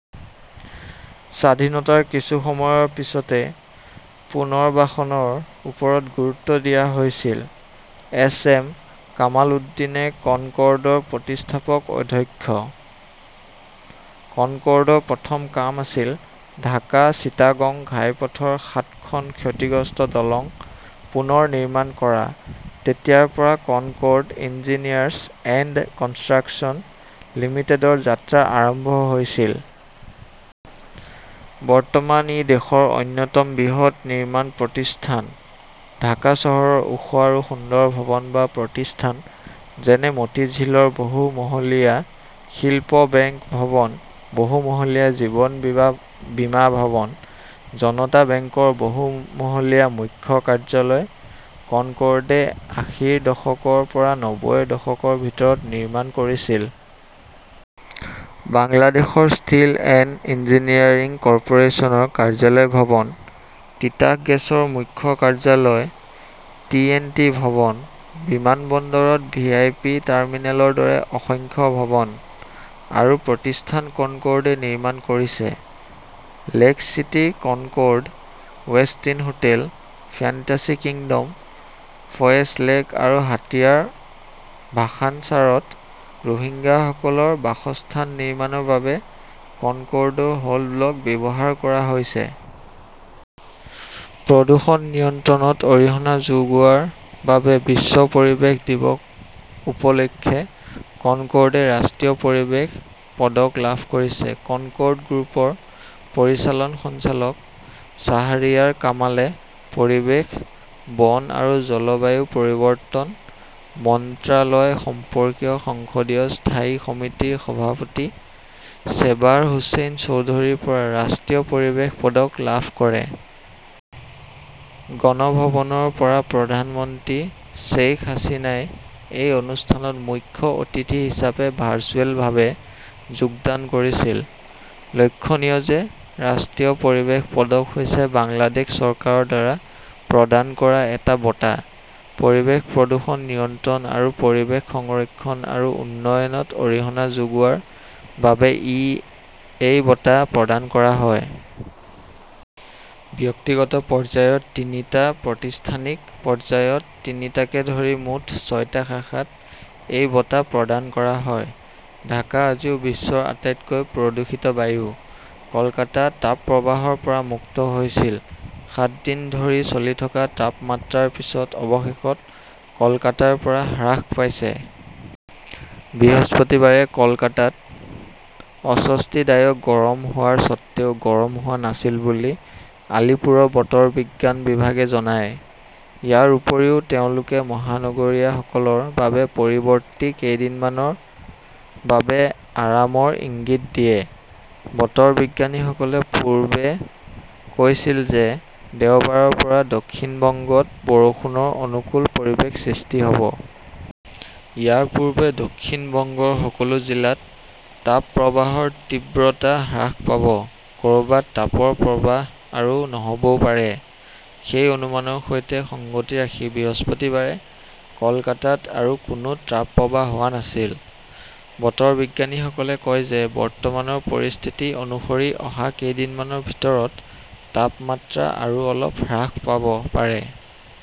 স্বাধীনতাৰ কিছু সময়ৰ পিছতে পুনৰ্বাসনৰ ওপৰত গুৰুত্ব দিয়া হৈছিল। এছ. এম. কামালউদ্দিনে কনকৰ্ডৰ প্ৰতিষ্ঠাপক অধ্যক্ষ। কনকৰ্ডৰ প্ৰথম কাম আছিল ঢাকা-চিটাগং ঘাইপথৰ সাতখন ক্ষতিগ্ৰস্ত দলং পুনৰ নিৰ্মাণ কৰা। তেতিয়াৰ পৰা কনকৰ্ড ইঞ্জিনিয়াৰ্ছ এণ্ড কনষ্ট্ৰাকচন লিমিটেডৰ যাত্ৰা আৰম্ভ হৈছিল। বৰ্তমান ই দেশৰ অন্যতম বৃহৎ নিৰ্মাণ প্ৰতিষ্ঠান। ঢাকা চহৰৰ ওখ আৰু সুন্দৰ ভৱন বা প্ৰতিষ্ঠান, যেনে মতিঝিলৰ বহু মহলীয়া শিল্প বেংক ভৱন, বহু মহলীয়া জীৱন বীমা ভৱন, জনতা বেংকৰ বহু মহলীয়া মুখ্য কাৰ্যালয় কনকৰ্ডে আশীৰ দশকৰ পৰা নব্বৈৰ দশকৰ ভিতৰত নিৰ্মাণ কৰিছিল। বাংলাদেশ ষ্টীল এণ্ড ইঞ্জিনিয়াৰিং কৰ্পোৰেচনৰ কাৰ্যালয় ভৱন, তিতাস গেছৰ মুখ্য কাৰ্যালয়, টিএণ্ডটি ভৱন, বিমানবন্দৰত ভিআইপি টাৰ্মিনেলৰ দৰে অসংখ্য ভৱন আৰু প্ৰতিষ্ঠান কনকৰ্ডে নিৰ্মাণ কৰিছে। Lake city Concord, Westin hotel, fantasy kingdom, Foy's lake আৰু হাতিয়াৰ ভাসানচাৰত ৰোহিংগাসকলৰ বাসস্থান নিৰ্মাণৰ বাবে কনকৰ্ডৰ হল ব্লক ব্যৱহাৰ কৰা হৈছে। প্ৰদূষণ নিয়ন্ত্ৰণত অৰিহণা যোগোৱাৰ বাবে বিশ্ব পৰিৱেশ দিৱস উপলক্ষে কনকৰ্ডে ৰাষ্ট্ৰীয় পৰিৱেশ পদক লাভ কৰিছে। কনকৰ্ড গ্ৰুপৰ পৰিচালন সঞ্চালক শ্বাহৰিয়াৰ কামালে পৰিৱেশ, বন আৰু জলবায়ু পৰিৱৰ্তন মন্ত্ৰালয় সম্পৰ্কীয় সংসদীয় স্থায়ী সমিতিৰ সভাপতি চেবাৰ হুছেইন চৌধুৰীৰ পৰা ৰাষ্ট্ৰীয় পৰিৱেশ পদক লাভ কৰে। গণভৱনৰ পৰা প্ৰধানমন্ত্ৰী শ্বেইখ হাছিনাই এই অনুষ্ঠানত মুখ্য অতিথি হিচাপে ভাৰ্চুৱেলভাৱে যোগদান কৰিছিল। লক্ষণীয় যে ৰাষ্ট্ৰীয় পৰিৱেশ পদক হৈছে বাংলাদেশ চৰকাৰৰ দ্বাৰা প্ৰদান কৰা এটা বঁটা। পৰিৱেশ প্ৰদূষণ নিয়ন্ত্ৰণ আৰু পৰিৱেশ সংৰক্ষণ আৰু উন্নয়নত অৰিহণা যোগোৱাৰ বাবে এই বঁটা প্ৰদান কৰা হয়। ব্যক্তিগত পৰ্যায়ত তিনিটা, প্ৰতিষ্ঠানিক পৰ্যায়ত তিনিটাকে ধৰি মুঠ ছয়টা শাখাত এই বঁটা প্ৰদান কৰা হয়। ঢাকা আজিও বিশ্বৰ আটাইতকৈ প্ৰদূষিত বায়ু। কলকাতা তাপপ্ৰবাহৰ পৰা মুক্ত হৈছিল। সাত দিন ধৰি চলি থকা তাপমাত্ৰাৰ পিছত অৱশেষত কলকাতাৰ পাৰা হ্ৰাস পাইছে। বৃহস্পতিবাৰে কলকাতাত অস্বস্তিদায়ক গৰম হোৱাৰ স্বত্ত্বেও গৰম হোৱা নাছিল বুলি আলিপুৰৰ বতৰ বিজ্ঞান বিভাগে জনায়। ইয়াৰ উপৰিও তেওঁলোকে মহানগৰীয়াসকলৰ বাবে পৰৱৰ্তী কেইদিনমানৰ বাবে আৰামৰ ইংগিত দিয়ে। বতৰ বিজ্ঞানীসকলে পূৰ্বে কৈছিল যে দেওবাৰৰ পৰা দক্ষিণ বংগত বৰষুণৰ অনুকূল পৰিৱেশ সৃষ্টি হ'ব। ইয়াৰ পূৰ্বে দক্ষিণ বংগৰ সকলো জিলাত তাপপ্ৰবাহৰ তীব্ৰতা হ্ৰাস পাব। ক'ৰবাত তাপৰ প্ৰৱাহ আৰু নহ'বও পাৰে। সেই অনুমানৰ সৈতে সংগতি ৰাখি বৃহস্পতিবাৰে কলকাতাত আৰু কোনো তাপপ্ৰবাহ হোৱা নাছিল। বতৰ বিজ্ঞানীসকলে কয় যে বৰ্তমানৰ পৰিস্থিতি অনুসৰি অহা কেইদিনমানৰ ভিতৰত তাপমাত্ৰা আৰু অলপ হ্ৰাস পাব পাৰে।